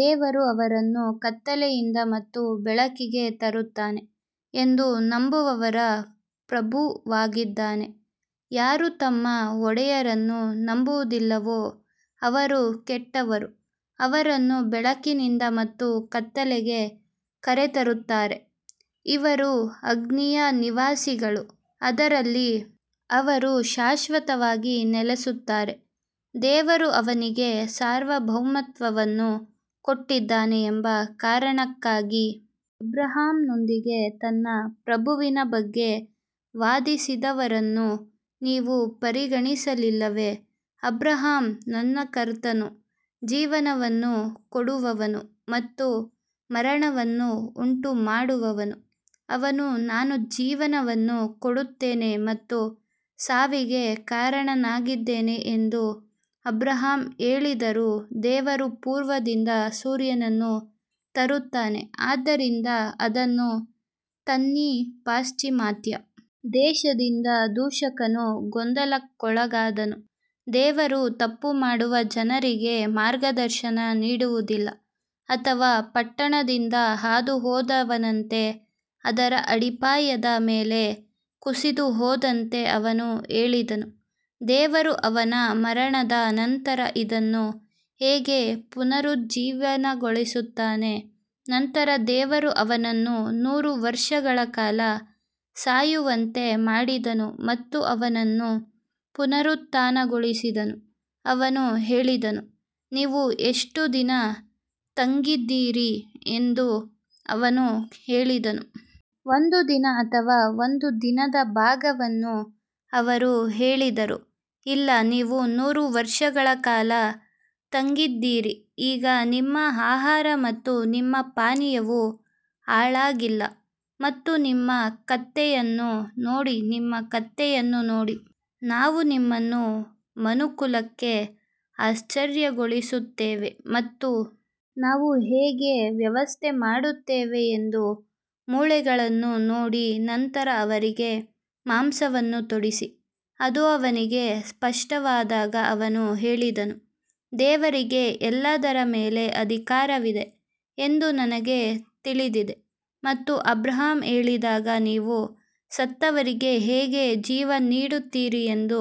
ದೇವರು ಅವರನ್ನು ಕತ್ತಲೆಯಿಂದ ಮತ್ತು ಬೆಳಕಿಗೆ ತರುತ್ತಾನೆ ಎಂದು ನಂಬುವವರ ಪ್ರಭುವಾಗಿದ್ದಾನೆ, ಯಾರು ತಮ್ಮ ಒಡೆಯರನ್ನು ನಂಬುವುದಿಲ್ಲವೋ ಅವರು ಕೆಟ್ಟವರು ಅವರನ್ನು ಬೆಳಕಿನಿಂದ ಮತ್ತು ಕತ್ತಲೆಗೆ ಕರೆತರುತ್ತಾರೆ, ಇವರು ಅಗ್ನಿಯ ನಿವಾಸಿಗಳು, ಅದರಲ್ಲಿ ಅವರು ಶಾಶ್ವತವಾಗಿ ನೆಲೆಸುತ್ತಾರೆ. ದೇವರು ಅವನಿಗೆ ಸಾರ್ವಭೌಮತ್ವವನ್ನು ಕೊಟ್ಟಿದ್ದಾನೆ ಎಂಬ ಕಾರಣಕ್ಕಾಗಿ ಅಬ್ರಹಾಂನೊಂದಿಗೆ ತನ್ನ ಪ್ರಭುವಿನ ಬಗ್ಗೆ ವಾದಿಸಿದವರನ್ನು ನೀವು ಪರಿಗಣಿಸಲಿಲ್ಲವೇ, ಅಬ್ರಹಾಂ ನನ್ನ ಕರ್ತನು ಜೀವವನ್ನು ಕೊಡುವವನು ಮತ್ತು ಮರಣವನ್ನು ಉಂಟುಮಾಡುವವನು ಅವನು ನಾನು ಜೀವವನ್ನು ಕೊಡುತ್ತೇನೆ ಮತ್ತು ಸಾವಿಗೆ ಕಾರಣನಾಗಿದ್ದಾನೆ ಎಂದು ಅಬ್ರಹಾಂ ಹೇಳಿದರು ದೇವರು ಪೂರ್ವದಿಂದ ಸೂರ್ಯನನ್ನು ತರುತ್ತಾನೆ ಆದ್ದರಿಂದ ಅದನ್ನು ತನ್ನಿ ಪಾಶ್ಚಿಮಾತ್ಯ ದೇಶದಿಂದ ದೂಷಕನು ಗೊಂದಲಕ್ಕೊಳಗಾದನು, ದೇವರು ತಪ್ಪು ಮಾಡುವ ಜನರಿಗೆ ಮಾರ್ಗದರ್ಶನ ನೀಡುವುದಿಲ್ಲ ಅಥವಾ ಪಟ್ಟಣದಿಂದ ಹಾದುಹೋದವನಂತೆ ಅದರ ಅಡಿಪಾಯದ ಮೇಲೆ ಕುಸಿದುಹೋದಂತೆ ಅವನು ಹೇಳಿದನು, ದೇವರು ಅವನ ಮರಣದ ನಂತರ ಇದನ್ನು ಹೇಗೆ ಪುನರುಜ್ಜೀವನಗೊಳಿಸುತ್ತಾನೆ ನಂತರ ದೇವರು ಅವನನ್ನು ನೂರು ವರ್ಷಗಳ ಕಾಲ ಸಾಯುವಂತೆ ಮಾಡಿದನು ಮತ್ತು ಅವನನ್ನು ಪುನರುತ್ಥಾನಗೊಳಿಸಿದನು ಅವನು ಹೇಳಿದನು, ನೀವು ಎಷ್ಟು ದಿನ ತಂಗಿದ್ದೀರಿ ಎಂದು ಅವನು ಹೇಳಿದನು. ಒಂದು ದಿನ ಅಥವಾ ಒಂದು ದಿನದ ಭಾಗವನ್ನು ಅವರು ಹೇಳಿದರು ಇಲ್ಲ ನೀವು ನೂರು ವರ್ಷಗಳ ಕಾಲ ತಂಗಿದ್ದೀರಿ ಈಗ ನಿಮ್ಮ ಆಹಾರ ಮತ್ತು ನಿಮ್ಮ ಪಾನೀಯವು ಹಾಳಾಗಿಲ್ಲ ಮತ್ತು ನಿಮ್ಮ ಕತ್ತೆಯನ್ನು ನೋಡಿ ನಿಮ್ಮ ಕತ್ತೆಯನ್ನು ನೋಡಿ ನಾವು ನಿಮ್ಮನ್ನು ಮನುಕುಲಕ್ಕೆ ಆಶ್ಚರ್ಯಗೊಳಿಸುತ್ತೇವೆ ಮತ್ತು ನಾವು ಹೇಗೆ ವ್ಯವಸ್ಥೆ ಮಾಡುತ್ತೇವೆ ಎಂದು ಮೂಳೆಗಳನ್ನು ನೋಡಿ ನಂತರ ಅವರಿಗೆ ಮಾಂಸವನ್ನು ತೊಡಿಸಿ, ಅದು ಅವನಿಗೆ ಸ್ಪಷ್ಟವಾದಾಗ ಅವನು ಹೇಳಿದನು, ದೇವರಿಗೆ ಎಲ್ಲದರ ಮೇಲೆ ಅಧಿಕಾರವಿದೆ ಎಂದು ನನಗೆ ತಿಳಿದಿದೆ ಮತ್ತು ಅಬ್ರಹಾಂ ಹೇಳಿದಾಗ ನೀವು ಸತ್ತವರಿಗೆ ಹೇಗೆ ಜೀವ ನೀಡುತ್ತೀರಿ ಎಂದು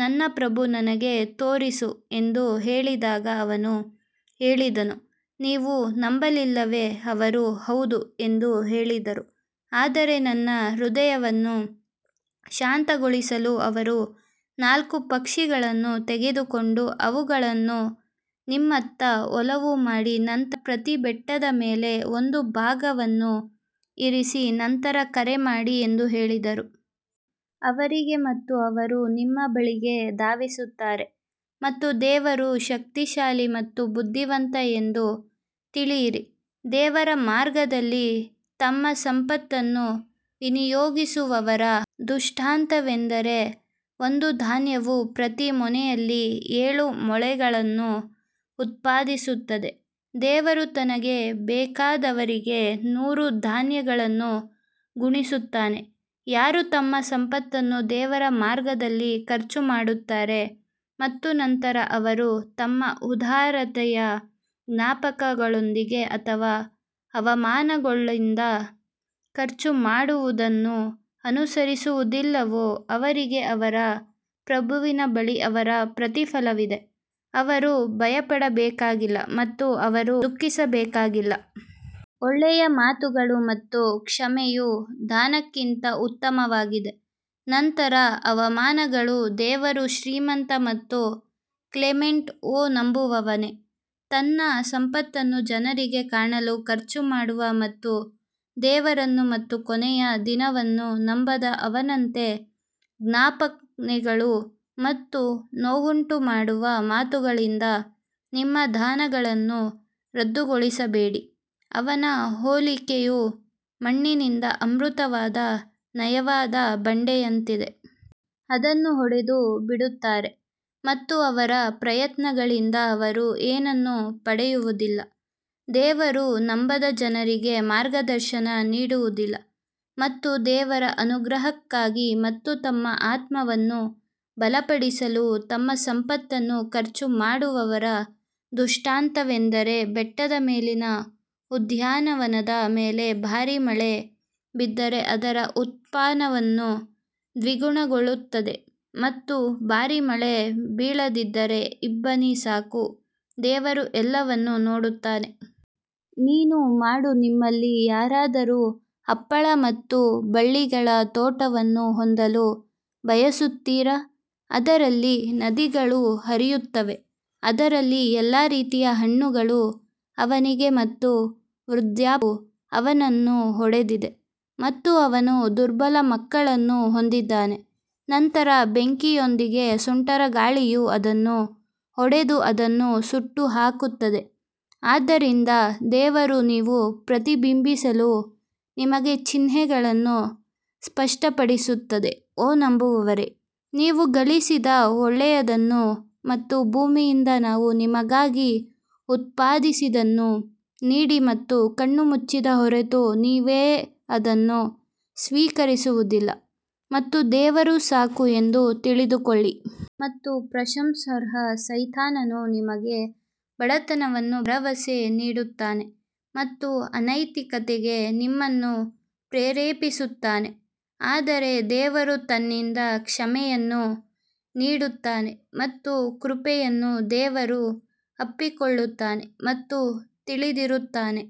ನನ್ನ ಪ್ರಭು ನನಗೆ ತೋರಿಸು ಎಂದು ಹೇಳಿದಾಗ ಅವನು ಹೇಳಿದನು ನೀವು ನಂಬಲಿಲ್ಲವೇ ಅವರು ಹೌದು ಎಂದು ಹೇಳಿದರು ಆದರೆ ನನ್ನ ಹೃದಯವನ್ನು ಶಾಂತಗೊಳಿಸಲು ಅವರು ನಾಲ್ಕು ಪಕ್ಷಿಗಳನ್ನು ತೆಗೆದುಕೊಂಡು ಅವುಗಳನ್ನು ನಿಮ್ಮತ್ತ ಒಲವು ಮಾಡಿ ನಂತರ ಪ್ರತಿ ಬೆಟ್ಟದ ಮೇಲೆ ಒಂದು ಭಾಗವನ್ನು ಇರಿಸಿ ನಂತರ ಕರೆ ಮಾಡಿ ಎಂದು ಹೇಳಿದರು. ಅವರಿಗೆ ಮತ್ತು ಅವರು ನಿಮ್ಮ ಬಳಿಗೆ ಧಾವಿಸುತ್ತಾರೆ ಮತ್ತು ದೇವರು ಶಕ್ತಿಶಾಲಿ ಮತ್ತು ಬುದ್ಧಿವಂತ ಎಂದು ತಿಳಿಯಿರಿ ದೇವರ ಮಾರ್ಗದಲ್ಲಿ ತಮ್ಮ ಸಂಪತ್ತನ್ನು ವಿನಿಯೋಗಿಸುವವರ ದೃಷ್ಟಾಂತವೆಂದರೆ, ಒಂದು ಧಾನ್ಯವು ಪ್ರತಿ ಮೊನೆಯಲ್ಲಿ ಏಳು ಮೊಳೆಗಳನ್ನು ಉತ್ಪಾದಿಸುತ್ತದೆ, ದೇವರು ತನಗೆ ಬೇಕಾದವರಿಗೆ ನೂರು ಧಾನ್ಯಗಳನ್ನು ಗುಣಿಸುತ್ತಾನೆ. ಯಾರು ತಮ್ಮ ಸಂಪತ್ತನ್ನು ದೇವರ ಮಾರ್ಗದಲ್ಲಿ ಖರ್ಚು ಮಾಡುತ್ತಾರೆ ಮತ್ತು ನಂತರ ಅವರು ತಮ್ಮ ಉದಾರತೆಯ ಜ್ಞಾಪನೆಗಳೊಂದಿಗೆ ಅಥವಾ ಅವಮಾನಗಳೊಂದಿಗೆ ಖರ್ಚು ಮಾಡುವುದನ್ನು ಅನುಸರಿಸುವುದಿಲ್ಲವೋ ಅವರಿಗೆ ಅವರ ಪ್ರಭುವಿನ ಬಳಿ ಅವರ ಪ್ರತಿಫಲವಿದೆ, ಅವರು ಭಯಪಡಬೇಕಾಗಿಲ್ಲ ಮತ್ತು ಅವರು ದುಃಖಿಸಬೇಕಾಗಿಲ್ಲ. ಒಳ್ಳೆಯ ಮಾತುಗಳು ಮತ್ತು ಕ್ಷಮೆಯು ದಾನಕ್ಕಿಂತ ಉತ್ತಮವಾಗಿದೆ ನಂತರ ಅವಮಾನಗಳು ದೇವರು ಶ್ರೀಮಂತ ಮತ್ತು ಕ್ಲೆಮೆಂಟ್ ಓ ನಂಬುವವನೇ, ತನ್ನ ಸಂಪತ್ತನ್ನು ಜನರಿಗೆ ಕಾಣಲು ಖರ್ಚು ಮಾಡುವ ಮತ್ತು ದೇವರನ್ನು ಮತ್ತು ಕೊನೆಯ ದಿನವನ್ನು ನಂಬದ ಅವನಂತೆ ಜ್ಞಾಪನೆಗಳು ಮತ್ತು ನೋವುಂಟುಮಾಡುವ ಮಾತುಗಳಿಂದ ನಿಮ್ಮ ದಾನಗಳನ್ನು ರದ್ದುಗೊಳಿಸಬೇಡಿ, ಅವನ ಹೋಲಿಕೆಯು ಮಣ್ಣಿನಿಂದ ಆವೃತವಾದ ನಯವಾದ ಬಂಡೆಯಂತಿದೆ. ಅದನ್ನು ಹೊಡೆದು ಬಿಡುತ್ತಾರೆ ಮತ್ತು ಅವರ ಪ್ರಯತ್ನಗಳಿಂದ ಅವರು ಏನನ್ನೂ ಪಡೆಯುವುದಿಲ್ಲ, ದೇವರು ನಂಬದ ಜನರಿಗೆ ಮಾರ್ಗದರ್ಶನ ನೀಡುವುದಿಲ್ಲ ಮತ್ತು ದೇವರ ಅನುಗ್ರಹಕ್ಕಾಗಿ ಮತ್ತು ತಮ್ಮ ಆತ್ಮವನ್ನು ಬಲಪಡಿಸಲು ತಮ್ಮ ಸಂಪತ್ತನ್ನು ಖರ್ಚು ಮಾಡುವವರ ದೃಷ್ಟಾಂತವೆಂದರೆ ಬೆಟ್ಟದ ಮೇಲಿನ ಉದ್ಯಾನವನದ ಮೇಲೆ ಭಾರಿ ಮಳೆ ಬಿದ್ದರೆ ಅದರ ಉತ್ಪನ್ನವು ದ್ವಿಗುಣಗೊಳ್ಳುತ್ತದೆ ಮತ್ತು ಭಾರೀ ಮಳೆ ಬೀಳದಿದ್ದರೆ ಇಬ್ಬನಿ ಸಾಕು ದೇವರು ಎಲ್ಲವನ್ನೂ ನೋಡುತ್ತಾನೆ. ನೀನು ಮಾಡು ನಿಮ್ಮಲ್ಲಿ ಯಾರಾದರೂ ಹಪ್ಪಳ ಮತ್ತು ಬಳ್ಳಿಗಳ ತೋಟವನ್ನು ಹೊಂದಲು ಬಯಸುತ್ತೀರಾ, ಅದರಲ್ಲಿ ನದಿಗಳು ಹರಿಯುತ್ತವೆ ಅದರಲ್ಲಿ ಎಲ್ಲಾ ರೀತಿಯ ಹಣ್ಣುಗಳು ಅವನಿಗೆ ಮತ್ತು ವೃದ್ಧಾಪ್ಯವು ಅವನನ್ನು ಹೊಡೆದಿದೆ ಮತ್ತು ಅವನು ದುರ್ಬಲ ಮಕ್ಕಳನ್ನು ಹೊಂದಿದ್ದಾನೆ ನಂತರ ಬೆಂಕಿಯೊಂದಿಗೆ ಸುಂಟರಗಾಳಿಯು ಅದನ್ನು ಹೊಡೆದು ಅದನ್ನು ಸುಟ್ಟುಹಾಕುತ್ತದೆ ಆದ್ದರಿಂದ ದೇವರು ನೀವು ಪ್ರತಿಬಿಂಬಿಸಲು ನಿಮಗೆ ಚಿಹ್ನೆಗಳನ್ನು ಸ್ಪಷ್ಟಪಡಿಸುತ್ತದೆ ಓ ನಂಬುವವರೇ, ನೀವು ಗಳಿಸಿದ ಒಳ್ಳೆಯದನ್ನು ಮತ್ತು ಭೂಮಿಯಿಂದ ನಾವು ನಿಮಗಾಗಿ ಉತ್ಪಾದಿಸಿದ್ದನ್ನು ನೀಡಿ ಮತ್ತು ಕಣ್ಣು ಮುಚ್ಚಿದ ಹೊರತು ನೀವೇ ಅದನ್ನು ಸ್ವೀಕರಿಸುವುದಿಲ್ಲ ಮತ್ತು ದೇವರು ಸಾಕು ಎಂದು ತಿಳಿದುಕೊಳ್ಳಿ. ಮತ್ತು ಪ್ರಶಂಸಾರ್ಹ ಸೈತಾನನು ನಿಮಗೆ ಬಡತನವನ್ನು ಭರವಸೆ ನೀಡುತ್ತಾನೆ ಮತ್ತು ಅನೈತಿಕತೆಗೆ ನಿಮ್ಮನ್ನು ಪ್ರೇರೇಪಿಸುತ್ತಾನೆ ಆದರೆ ದೇವರು ತನ್ನಿಂದ ಕ್ಷಮೆಯನ್ನು ನೀಡುತ್ತಾನೆ ಮತ್ತು ಕೃಪೆಯನ್ನು ದೇವರು ಅಪ್ಪಿಕೊಳ್ಳುತ್ತಾನೆ ಮತ್ತು ತಿಳಿದಿರುತ್ತಾನೆ.